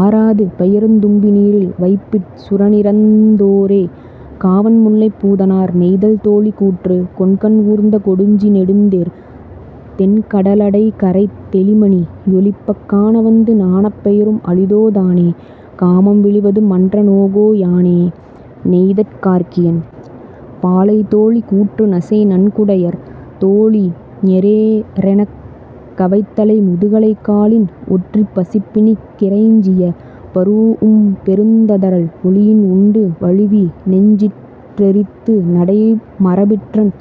ஆராது பெயருந் தும்பி நீரில் வைப்பிற் சுரனிறந் தோரே. -காவன்முல்லைப் பூதனார்.. நெய்தல் தோழி கூற்று கொண்கன் ஊர்ந்த கொடுஞ்சி நெடுந்தேர் தெண்கட லடைகரைத் தௌிமணி யொலிப்பக் காண வந்து நாணப் பெயரும் அளிதோ தானே காமம் விளிவது மன்ற நோகோ யானே. -நெய்தற் கார்க்கியன்.. பாலை தோழி கூற்று நசைநன் குடையர் தோழி ஞெரேரெனக் கவைத்தலை முதுகலை காலின் ஒற்றிப் பசிப்பிணிக் கிறைஞ்சிய பரூஉம்பெருந் ததரல் ஒழியின் உண்டு வழுவி னெஞ்சிற் றெறித்துநடை மரபிற்றன்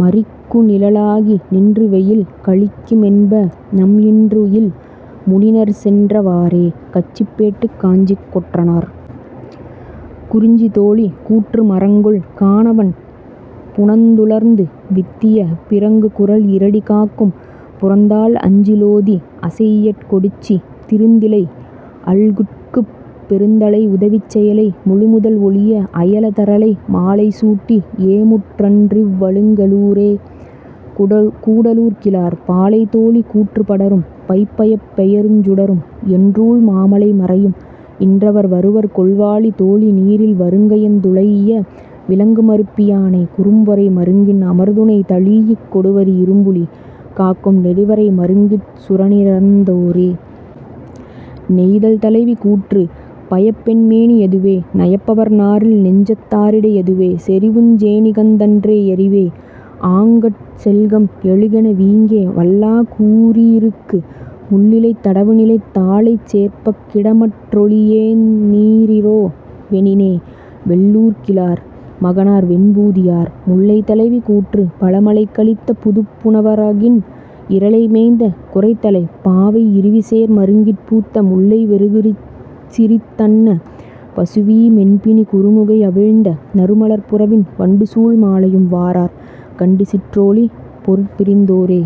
மறிக்குநிழ லாகி நின்றுவெயில் கழிக்கு மென்பநம் இன்றுயில் முனிநர் சென்ற வாறே. -கச்சிப்பேட்டுக் காஞ்சிக் கொற்றனார்.. குறிஞ்சி தோழி கூற்று மரங்கொல் கானவன் புனந்துளர்ந்து வித்திய பிறங்குகுரல் இறடி காக்கும் புறந்தாழ் அஞ்சி லோதி அசையியற் கொடிச்சி திருந்திழை அல்குற்குப் பெருந்தழை உதவிச் செயலை முழுமுதல் ஒழிய அயல தரலை மாலை சூட்டி ஏமுற் றன்றிவ் வழுங்க லூரே. -கூடலூர்கிழார்.. பாலை தோழி கூற்று படரும் பைப்பயப் பெயருஞ் சுடரும் என்றூழ் மாமலை மறையும் இன்றவர் வருவர்கொல் வாழி தோழி நீரில் வறுங்கயந் துழைஇய விலங்குமருப் பியானை குறும்பொறை மருங்கின் அமர்துணை தழீஇக் கொடுவரி இரும்புலி காக்கும் நெடுவரை மருங்கிற் சுரனிறந் தோரே. நெய்தல் தலைவி கூற்று பயப்பென் மேனி யதுவே நயப்பவர் நாரில் நெஞ்சத் தாரிடை யதுவே செறிவுஞ் சேணிகந் தன்றே யறிவே ஆங்கட் செல்கம் எழுகென வீங்கே வல்லா கூறியிருக்கு முள்ளிலைத் தடவுநிலைத் தாழைச் சேர்ப்பர்க் கிடமற் றோழியெந் நீரிரோ வெனினே. -வெள்ளூர்கிழார் மகனார் வெண்பூதியார்.. முல்லை தலைவி கூற்று பழமழைக் கலித்த புதுப்புன வரகின் இரலை மேய்ந்த குறைத்தலைப் பாவை இருவிசேர் மருங்கிற் பூத்த முல்லை வெருகுசிரித் தன்ன பசுவீ மென்பிணி குறுமுகை அவிழ்ந்த நறுமலர்ப் புறவின் வண்டுசூழ் மாலையும் வாரார் கண்டிசிற் றோழி பொருட்பிரிந் தோரே.